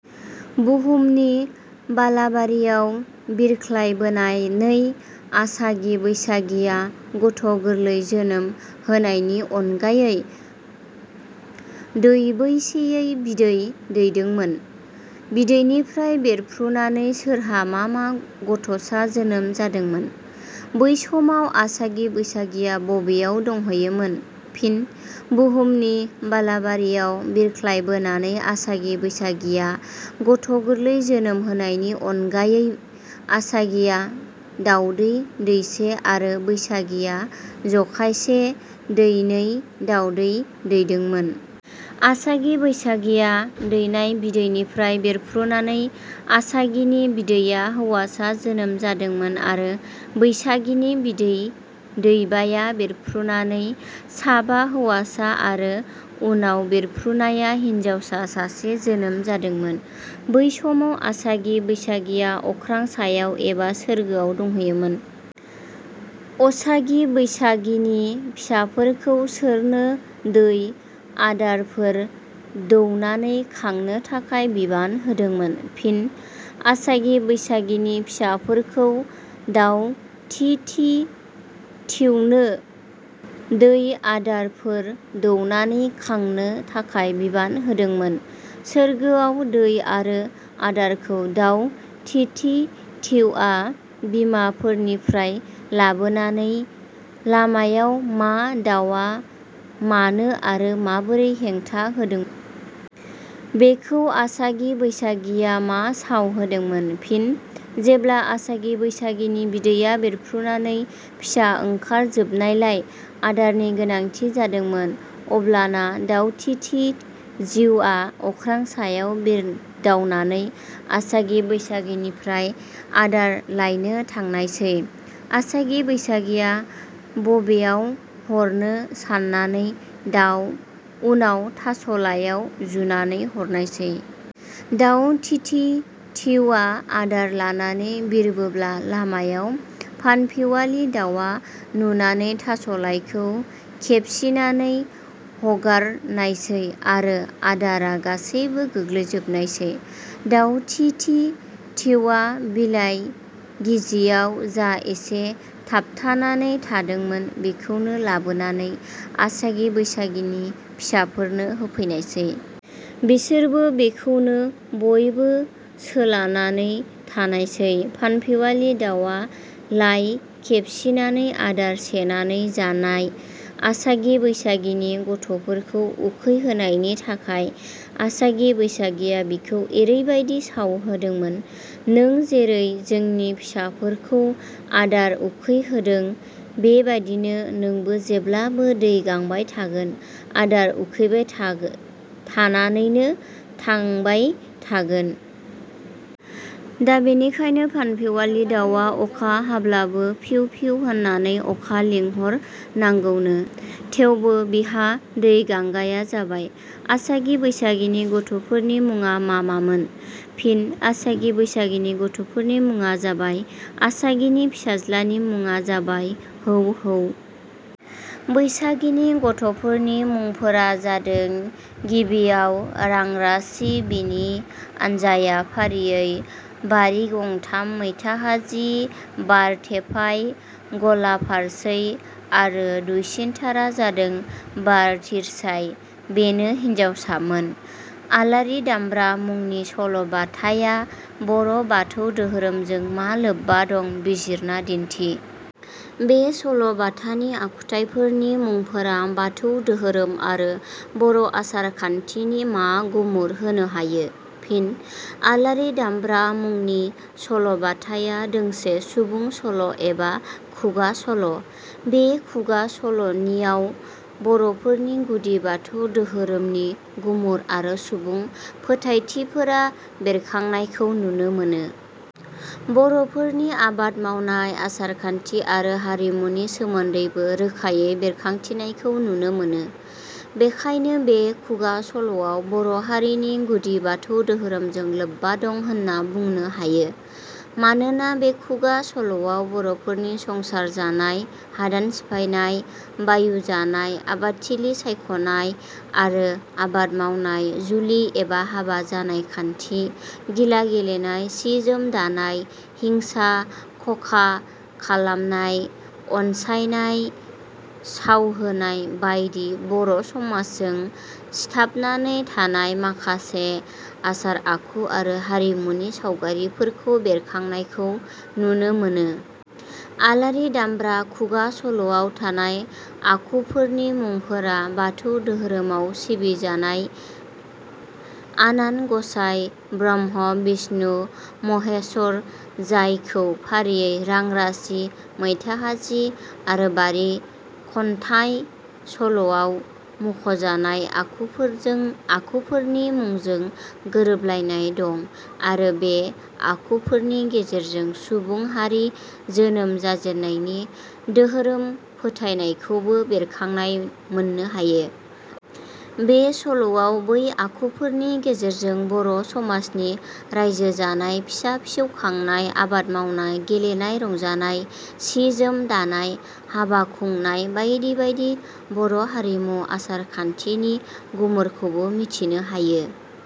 बुहुमनि बालाबारियाव बिरख्लायबोनानै आसागि बैसागिया गथ' गोरलै जोनोम होनायनि अनगायै दैबेसेयै बिदै दैदोंमोन? बिदैनिफ्राय बेरफ्रुनानै सोरहा मा मा गथ'सा जोनोम जादोंमोन? बै समाव आसागि बैसागिया बबेयाव दंहैयोमोन? फिन: बुहुमनि बालाबारियाव बिरख्लायबोनानै आसागि बैसागिया गथ' गोरलै जोनोम होनायनि अनगायै आसागिया दावदै दैसे आरो बैसागिया जखायसे दैनै दावदै दैदोंमोन। आसागि बैसागिया दैनाय बिदैनिफ्राय बेरफ्रुनानै आसागिनि बिदैआ हौवासा जोनोम जादोंमोन आरो बैसागिनि बिदै दैबाया बेरफ्रुनानै साबा हौवासा आरो उनाव बेरफ्रुनाया हिनजावसा सासे जोनोम जादोंमोन। बै समाव आसागि बैसागिया अख्रां सायाव एबा सोर्गोआव दंहैयोमोन।. असागि बैसागिनि फिसाफोरखौ सोरनो दै आदारफोर दौनानै खांनो थाखाय बिबान होदोंमोन? फिनः आसागि बैसागिनि फिसाफोरखौ दाउ थि थि थिउनो दै आदारफोर दौनानै खांनो थाखाय बिबान होदोंमोन्।. सोरगोआव दै आरो आदारखौ दाउ थि थि थिउआ बिमाफोरनिफ्राय लाबोनाय लामायाव मा दाउआ मानो आरो माबोरै हेंथा होदोंमोन? बेखौ आसागि बैसागिया मा साव होदोंमोन? फिनः जेब्ला आसागि बैसागिनि बिदैया बेरफुनानै फिसा ओंखारजोबनायलाय आदारनि गोनांथि जादोंमोन अब्लाना दाउ थि थि जिउआ अख्रां सायाव बिरदावनानै आसागि बैसागिनिफ्राय आदार लायनो थांनायसै। आसागि बैसागिया बबेयाव हरनो साननानै उनाव थास'लाइयाव जुनानै हरनायसै। दाउ थि थि थिउआ आदार लानानै बिरबोब्ला लामायाव फानफिवालि दाउआ नुनानै थास'लाइखौ खेबसिनानै हरगारनायसै आरो आदारा गासैबो गोग्लैजोबनायसै। दाउ थि थि थिउआ बिलाइ गिजियाव जा इसे थाबथानानै थादोंमोन बेखौनो लाबोनानै आसागि बैसागिनि फिसाफोरनो होफैनायसै। बिसोरबो बेखौनो बयबो सोलानानै थानायसै। फानफिवालि दाउआ लाइ खेबसिनानै आदार सेनानै जाना आसागि बैसागिनि गथ'फोरखौ उखै होनायनि थाखाय आसागि बैसागिया बिखौ एरैबादि साव होददोंमोन- "नों जेरै जोंनि फिसाफोरखौ आदार उखैहोदों बेबादिनो नोंबो जेब्लाबो दै गांबाय थागोन, आदार उखैबाय थानानैनो थांबाय थागोन"। दा बेनिखायनो फानफिवालि दाउवा अखा हाब्लाबो फिउ फिउ होननानै अखा लिंहर नांगौनो। थेवबो बिहा दै गांगाया जाबाय।. आसागि बैसागिनि गथ'साफोरनि मुङा मा मामोन? फिन: आसागि बैसागिनि गथ'साफोरनि मुंफोरा जाबाय- आसागिनि फिसाज्लानि मुङा जाबाय "हौ हौ"। बैसागिनि गथ'फोरनि मुंफोरा जादों गिबिया रांरासि, बिनि आनजाइया फारियै बारिगंथाम, मैथा हाजि, बारथेफाइ, गलाफारसै आरो दुइसिनथारा जादों बार थिरसाइ, बेनो हिनजावसामोन।. आलारि दामब्रा मुंनि सल' बाथाया बर' बाथौ धोरोमजों मा लोब्बा दं बिजिरना दिन्थि। बे सल' बाथानि आखुफोरनि मुंफोरा बाथौ धोरोम आरो बर' आसार खान्थिनि मा गुमुर होनो हायो? फिनः "आलारि दामब्रा" मुंनि सल' बाथाया दोंसे सुबुं सल' एबा खुगा सल'। बे खुगा सल'निआव बर'फोरनि गुदि बाथौ धोरोमनि गुमुर आरो सुबुं फोथायथिफोर बेरखांथिनायखौ नुनो मोनो। बर'फोरनि आबाद मावनाय, आसार खान्थि आरो हारिमुनि सोमोन्दैबो रोखायै बेरखांथिनायखौ नुनो मोनो। बेनिखायनो बे खुगा सल'आ बर' हारिनि गुदि बाथौ धोरोमजों लेब्बा दं होनना बुंनो हायो। मानोना बे खुगा सल'आव बर'फोरनि संसार जानाय, हादान सिफायनाय, बायु जानाय, आबादथिलि सायख'नाय आरो आबाद मावनाय, जुलि एबा हाबा जानाय खान्थि, गिला गेलेनाय, सि जोम दानाय, हिंसा खखालामनाय, अनसायनय, सावहोनाय बायदि बर' समाजजों सिथाबनानै थानाय माखसे आसार आखु आरो हारिमुनि सावगारिफोरखौ बेरखांनायखौ नुनो मोनो। "आलारि दामब्रा" खुगा सल'आव थानाय आखुफोरनि मुंफोरा बाथौ धोरोमआव सिबिजानाय आनान गसाइ ब्रह्मा, बिष्णु आरो महेश्वर जायखौ फारियै रां-रासि, मैथाहाजि आरो बारि खनथाय सल'आव मुंखजानाय आखुफोरनि मुंजों गोरोबलायनाय दं। आरो बे आखु फोरनि गेजेरजों सुबुं हारि जोनोम जाजेननायनि धोरोम फोथायनायखौबो बेरखांनाय मोननो हायो। बे सल'आव बै आखुफोरनि गेजेरजों बर' समाजनि रायजो जांनाय, फिसा-फिसौ खांनाय, आबाद मावनाय, गेलेनाय रंजानाय, सि जोम दानाय, हाबा खुंनाय बायदि बायदि बर' हारिमु आसार खान्थिनि गुमुरखौबो मिथिनो हायो।.